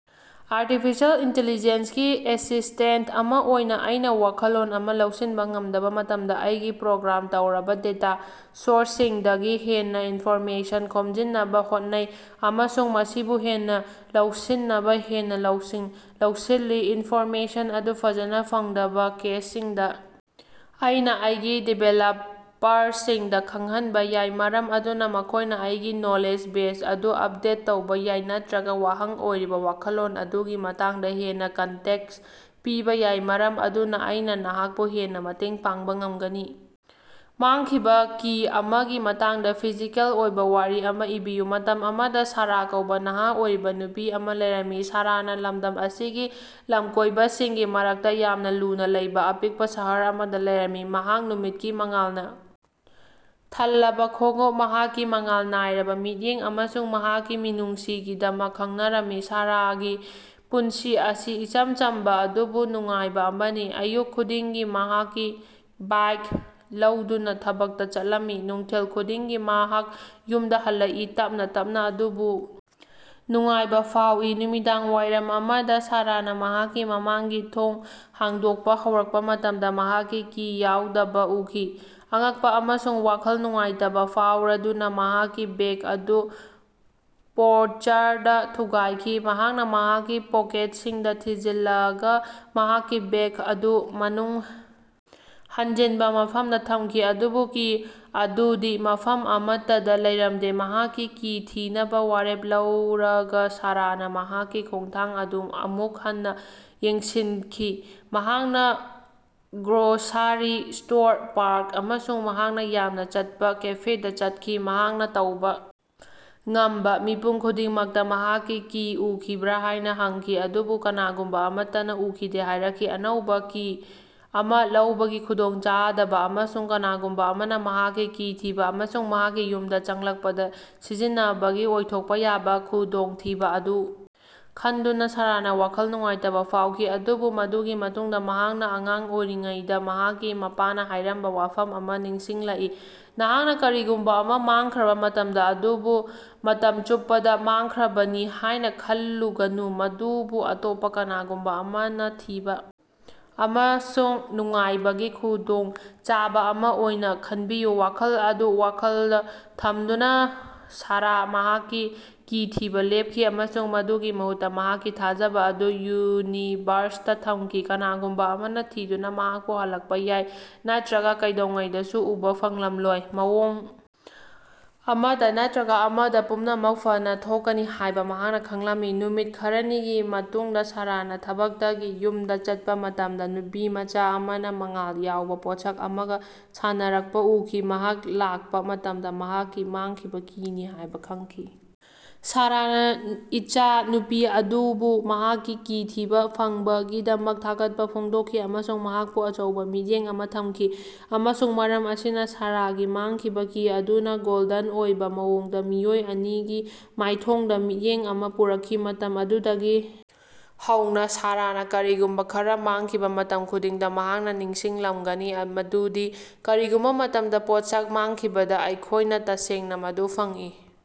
Artificial intelligence ꯒꯤ assistant ꯑꯃ ꯑꯣꯏꯅ ꯑꯩꯅ ꯋꯥꯈꯜꯂꯣꯟ ꯑꯃ ꯂꯧꯁꯤꯟꯕ ꯉꯝꯗꯕ ꯃꯇꯝꯗ ꯑꯩꯒꯤ ꯄ꯭ꯔꯣꯒ꯭ꯔꯥꯝ ꯇꯧꯔꯕ ꯗꯦꯇꯥ ꯁꯣꯔꯁꯁꯤꯡꯗꯒꯤ ꯍꯦꯟꯅ ꯏꯟꯐꯣꯔꯃꯦꯁꯟ ꯈꯣꯝꯖꯤꯟꯅꯕ ꯍꯣꯠꯅꯩ ꯑꯃꯁꯨꯡ ꯃꯁꯤꯕꯨ ꯍꯦꯟꯅ ꯂꯧꯁꯤꯟꯅꯕ ꯍꯦꯟꯅ ꯂꯧꯁꯤꯡ ꯂꯧꯁꯤꯜꯂꯤ꯫ ꯏꯟꯐꯣꯔꯃꯦꯁꯟ ꯑꯗꯨ ꯐꯖꯅ ꯐꯪꯗꯕ ꯀꯦꯁꯁꯤꯡꯗ, ꯑꯩꯅ ꯑꯩꯒꯤ ꯗꯤꯚꯦꯂꯞꯄꯔꯁꯤꯡꯗ ꯈꯪꯍꯟꯕ ꯌꯥꯏ ꯃꯔꯝ ꯑꯗꯨꯅ ꯃꯈꯣꯏꯅ ꯑꯩꯒꯤ ꯅꯣꯂꯦꯖ ꯕꯦꯖ ꯑꯗꯨ ꯑꯞꯗꯦꯠ ꯇꯧꯕ ꯌꯥꯏ ꯅꯠꯇꯔꯒ ꯋꯥꯍꯪ ꯑꯣꯏꯔꯤꯕ ꯋꯥꯈꯜꯂꯣꯟ ꯑꯗꯨꯒꯤ ꯃꯇꯥꯡꯗ ꯍꯦꯟꯅ ꯀꯟꯇꯦꯛꯁ ꯄꯤꯕ ꯌꯥꯏ ꯃꯔꯝ ꯑꯗꯨꯅ ꯑꯩꯅ ꯅꯍꯥꯛꯄꯨ ꯍꯦꯟꯅ ꯃꯇꯦꯡ ꯄꯥꯡꯕ ꯉꯝꯒꯅꯤ꯫ ꯃꯥꯡꯈꯤꯕ ꯀꯤ ꯑꯃꯒꯤ ꯃꯇꯥꯡꯗ ꯐꯤꯖꯤꯀꯦꯜ ꯑꯣꯏꯕ ꯋꯥꯔꯤ ꯑꯃ ꯏꯕꯤꯌꯨ꯫ ꯃꯇꯝ ꯑꯃꯗ ꯁꯥꯔꯥ ꯀꯧꯕ ꯅꯍꯥ ꯑꯣꯏꯔꯤꯕ ꯅꯨꯄꯤ ꯑꯃ ꯂꯩꯔꯝꯃꯤ꯫ ꯁꯥꯔꯥꯅ ꯂꯝꯗꯝ ꯑꯁꯤꯒꯤ ꯂꯝꯀꯣꯏꯕꯁꯤꯡꯒꯤ ꯃꯔꯛꯇ ꯌꯥꯝꯅ ꯂꯨꯅꯥ ꯂꯩꯕ ꯑꯄꯤꯛꯄ ꯁꯍꯔ ꯑꯃꯗ ꯂꯩꯔꯝꯃꯤ꯫ ꯃꯍꯥꯛ ꯅꯨꯃꯤꯠꯀꯤ ꯃꯉꯥꯜꯅ ꯊꯜꯂꯕ ꯈꯣꯡꯎꯞ, ꯃꯍꯥꯛꯀꯤ ꯃꯉꯥꯜ ꯅꯥꯏꯔꯕꯥ ꯃꯤꯠꯌꯦꯡ ꯑꯃꯁꯨꯡ ꯃꯍꯥꯛꯀꯤ ꯃꯤꯅꯨꯡꯁꯤꯒꯤꯗꯃꯛ ꯈꯪꯅꯔꯝꯃꯤ꯫ ꯁꯥꯔꯥꯒꯤ ꯄꯨꯟꯁꯤ ꯑꯁꯤ ꯏꯆꯝ ꯆꯝꯕ ꯑꯗꯨꯕꯨ ꯅꯨꯡꯉꯥꯏꯕ ꯑꯃꯅꯤ꯫ ꯑꯌꯨꯛ ꯈꯨꯗꯤꯡꯒꯤ ꯃꯍꯥꯛꯀꯤ ꯕꯥꯏ꯭ꯛ ꯂꯧꯗꯨꯅ ꯊꯕꯛꯇ ꯆꯠꯂꯝꯃꯤ꯫ ꯅꯨꯡꯊꯤꯜ ꯈꯨꯗꯤꯡꯒꯤ ꯃꯍꯥꯛ ꯌꯨꯝꯗ ꯍꯜꯂꯛꯏ, ꯇꯞꯅꯥ ꯇꯞꯅꯥ ꯑꯗꯨꯕꯨ ꯅꯨꯡꯉꯥꯏꯕ ꯐꯥꯎꯏ꯫ ꯅꯨꯃꯤꯗꯥꯡꯋꯥꯏꯔꯝ ꯑꯃꯗ ꯁꯥꯔꯥꯅ ꯃꯍꯥꯛꯀꯤ ꯃꯃꯥꯡꯒꯤ ꯊꯣꯡ ꯍꯥꯡꯗꯣꯛꯄ ꯍꯧꯔꯛꯄ ꯃꯇꯝꯗ ꯃꯍꯥꯛꯀꯤ ꯀꯤ ꯌꯥꯎꯗꯕꯥ ꯎꯈꯤ꯫ ꯑꯉꯛꯄ ꯑꯃꯁꯨꯡ ꯋꯥꯈꯜ ꯅꯨꯡꯉꯥꯏꯇꯕꯥ ꯐꯥꯎꯔꯗꯨꯅ ꯃꯍꯥꯛꯀꯤ ꯕꯦꯒ ꯑꯗꯨ ꯄꯣꯔꯆꯔꯗꯥ ꯊꯨꯒꯥꯏꯈꯤ꯫ ꯃꯍꯥꯛꯅ ꯃꯍꯥꯛꯀꯤ ꯄꯣꯀꯦꯠꯁꯤꯡꯗ ꯊꯤꯖꯤꯜꯂꯒꯥ ꯃꯍꯥꯛꯀꯤ ꯕꯦꯒ ꯑꯗꯨ ꯃꯅꯨꯡ ꯍꯟꯖꯤꯟꯕ ꯃꯐꯝꯗ ꯊꯝꯈꯤ ꯑꯗꯨꯕꯨ ꯀꯤ ꯑꯗꯨꯗꯤ ꯃꯐꯝ ꯑꯃꯠꯇꯗ ꯂꯩꯔꯝꯗꯦ꯫ ꯃꯍꯥꯛꯀꯤ ꯀꯤ ꯊꯤꯅꯕꯥ ꯋꯥꯔꯦꯞ ꯂꯧꯔꯒ ꯁꯥꯔꯥꯅ ꯃꯍꯥꯛꯀꯤ ꯈꯣꯡꯊꯥꯡ ꯑꯗꯨ ꯑꯃꯨꯛ ꯍꯟꯅ ꯌꯦꯡꯁꯤꯟꯈꯤ꯫ ꯃꯍꯥꯛꯅ ꯒ꯭ꯔꯣꯁꯥꯔꯤ ꯁ꯭ꯇꯣꯔ, ꯄꯥꯔꯛ ꯑꯃꯁꯨꯡ ꯃꯍꯥꯛꯅ ꯌꯥꯝꯅ ꯆꯠꯄ ꯀꯦꯐꯦꯗꯥ ꯆꯠꯈꯤ꯫ ꯃꯍꯥꯛꯅ ꯇꯧꯕ ꯉꯝꯕ ꯃꯤꯄꯨꯝ ꯈꯨꯗꯤꯡꯃꯛꯇ ꯃꯍꯥꯛꯀꯤ ꯀꯤ ꯎꯈꯤꯕ꯭ꯔꯥ ꯍꯥꯏꯅ ꯍꯪꯈꯤ ꯑꯗꯨꯕꯨ ꯀꯅꯥꯒꯨꯝꯕ ꯑꯃꯠꯇꯅꯥ ꯎꯈꯤꯗꯦ ꯍꯥꯏꯔꯛꯈꯤ꯫ ꯑꯅꯧꯕ ꯀꯤ ꯑꯃ ꯂꯧꯕꯒꯤ ꯈꯨꯗꯣꯡꯆꯥꯗꯕ ꯑꯃꯁꯨꯡ ꯀꯅꯥꯒꯨꯝꯕ ꯑꯃꯅ ꯃꯍꯥꯛꯀꯤ ꯀꯤ ꯊꯤꯕ ꯑꯃꯁꯨꯡ ꯃꯍꯥꯛꯀꯤ ꯌꯨꯝꯗ ꯆꯪꯂꯛꯄꯗ ꯁꯤꯖꯤꯟꯅꯕꯒꯤ ꯑꯣꯏꯊꯣꯛꯄ ꯌꯥꯕ ꯈꯨꯗꯣꯡꯊꯤꯕ ꯑꯗꯨ ꯈꯟꯗꯨꯅ ꯁꯥꯔꯥꯅ ꯋꯥꯈꯜ ꯅꯨꯡꯉꯥꯏꯇꯕꯥ ꯐꯥꯎꯈꯤ꯫ ꯑꯗꯨꯕꯨ ꯃꯗꯨꯒꯤ ꯃꯇꯨꯡꯗ, ꯃꯍꯥꯛꯅ ꯑꯉꯥꯡ ꯑꯣꯏꯔꯤꯉꯩꯗ ꯃꯍꯥꯛꯀꯤ ꯃꯄꯥꯅ ꯍꯥꯏꯔꯝꯕ ꯋꯥꯐꯝ ꯑꯃ ꯅꯤꯡꯁꯤꯡꯂꯛꯏ, ꯅꯍꯥꯛꯅꯥ ꯀꯔꯤꯒꯨꯝꯕ ꯑꯃ ꯃꯥꯡꯈ꯭ꯔꯕ ꯃꯇꯝꯗ, ꯃꯗꯨꯕꯨ ꯃꯇꯝ ꯆꯨꯞꯄꯗ ꯃꯥꯡꯈ꯭ꯔꯕꯅꯤ ꯍꯥꯏꯅ ꯈꯜꯂꯨꯒꯅꯨ, ꯃꯗꯨꯕꯨ ꯑꯇꯣꯞꯄ ꯀꯅꯥꯒꯨꯝꯕ ꯑꯃꯅ ꯊꯤꯕ ꯑꯃꯁꯨꯡ ꯅꯨꯡꯉꯥꯏꯕꯒꯤ ꯈꯨꯗꯣꯡꯆꯥꯕ ꯑꯃ ꯑꯣꯏꯅ ꯈꯟꯕꯤꯌꯨ꯫ꯋꯥꯈꯜ ꯑꯗꯨ ꯋꯥꯈꯜꯗ ꯊꯝꯗꯨꯅ ꯁꯥꯔꯥꯅ ꯃꯍꯥꯛꯀꯤ ꯀꯤ ꯊꯤꯕ ꯂꯦꯞꯈꯤ ꯑꯃꯁꯨꯡ ꯃꯗꯨꯒꯤ ꯃꯍꯨꯠꯇ ꯃꯍꯥꯛꯀꯤ ꯊꯥꯖꯕ ꯑꯗꯨ ꯌꯨꯅꯤꯚꯔꯁꯇꯥ ꯊꯝꯈꯤ꯫ ꯀꯅꯥꯒꯨꯝꯕ ꯑꯃꯅ ꯊꯤꯗꯨꯅ ꯃꯍꯥꯛꯄꯨ ꯍꯜꯂꯛꯄꯥ ꯌꯥꯏ, ꯅꯠꯇꯔꯒ ꯀꯩꯗꯧꯉꯩꯗꯁꯨ ꯎꯕꯥ ꯐꯪꯂꯝꯂꯣꯏ꯫ ꯃꯑꯣꯡ ꯑꯃꯗ‌ ꯅꯠꯇꯔꯒ ꯑꯃꯗ, ꯄꯨꯝꯅꯃꯛ ꯐꯅꯥ ꯊꯣꯛꯀꯅꯤ ꯍꯥꯏꯕ ꯃꯍꯥꯛꯅ ꯈꯪꯂꯝꯃꯤ꯫ ꯅꯨꯃꯤꯠ ꯈꯔꯅꯤꯒꯤ ꯃꯇꯨꯡꯗ ꯁꯥꯔꯥꯅ ꯊꯕꯛꯇꯒꯤ ꯌꯨꯝꯗ ꯆꯠꯄꯥ ꯃꯇꯝꯗ ꯅꯨꯄꯤꯃꯆꯥ ꯑꯃꯅ ꯃꯉꯥꯜ ꯌꯥꯎꯕ ꯄꯣꯠꯁꯛ ꯑꯃꯒ ꯁꯥꯟꯅꯔꯛꯄ ꯎꯈꯤ꯫ ꯃꯍꯥꯛ ꯂꯥꯛꯄ ꯃꯇꯝꯗ ꯃꯍꯥꯛꯀꯤ ꯃꯥꯡꯈꯤꯕ ꯀꯤꯅꯤ ꯍꯥꯏꯕ ꯈꯪꯈꯤ꯫ ꯁꯥꯔꯥꯅ ꯏꯆꯥꯅꯨꯄꯤ ꯑꯗꯨꯕꯨ ꯃꯍꯥꯛꯀꯤ ꯀꯤ ꯊꯤꯕ ꯐꯪꯕꯒꯤꯗꯃꯛ ꯊꯥꯒꯠꯄꯥ ꯐꯣꯡꯗꯣꯛꯈꯤ ꯑꯃꯁꯨꯡ ꯃꯍꯥꯛꯄꯨ ꯑꯆꯧꯕ ꯃꯤꯠꯌꯦꯡ ꯑꯃ ꯊꯝꯈꯤ꯫ ꯑꯃꯁꯨꯡ ꯃꯔꯝ ꯑꯁꯤꯅ, ꯁꯥꯔꯥꯒꯤ ꯃꯥꯡꯈꯤꯕ ꯀꯤ ꯑꯗꯨꯅ, ꯒꯣꯜꯗꯟ ꯑꯣꯏꯕ ꯃꯑꯣꯡꯗ, ꯃꯤꯑꯣꯏ ꯑꯅꯤꯒꯤ ꯃꯥꯏꯊꯣꯡꯗ ꯃꯤꯠꯌꯦꯡ ꯑꯃ ꯄꯨꯔꯛꯈꯤ꯫ ꯃꯇꯝ ꯑꯗꯨꯗꯒꯤ ꯍꯧꯅ ꯁꯥꯔꯥꯅ ꯀꯔꯤꯒꯨꯝꯕ ꯈꯔꯥ ꯃꯥꯡꯈꯤꯕ ꯃꯇꯝ ꯈꯨꯗꯤꯡꯗ ꯃꯍꯥꯛꯅ ꯅꯤꯡꯁꯤꯡꯂꯝꯒꯅꯤ ꯃꯗꯨꯗꯤ ꯀꯔꯤꯒꯨꯝꯕ ꯃꯇꯝꯗ, ꯄꯣꯠꯁꯤꯡ ꯃꯥꯡꯈꯤꯕꯗ, ꯑꯩꯈꯣꯏꯅ ꯇꯁꯦꯡꯅ ꯃꯗꯨ ꯐꯪꯏ꯫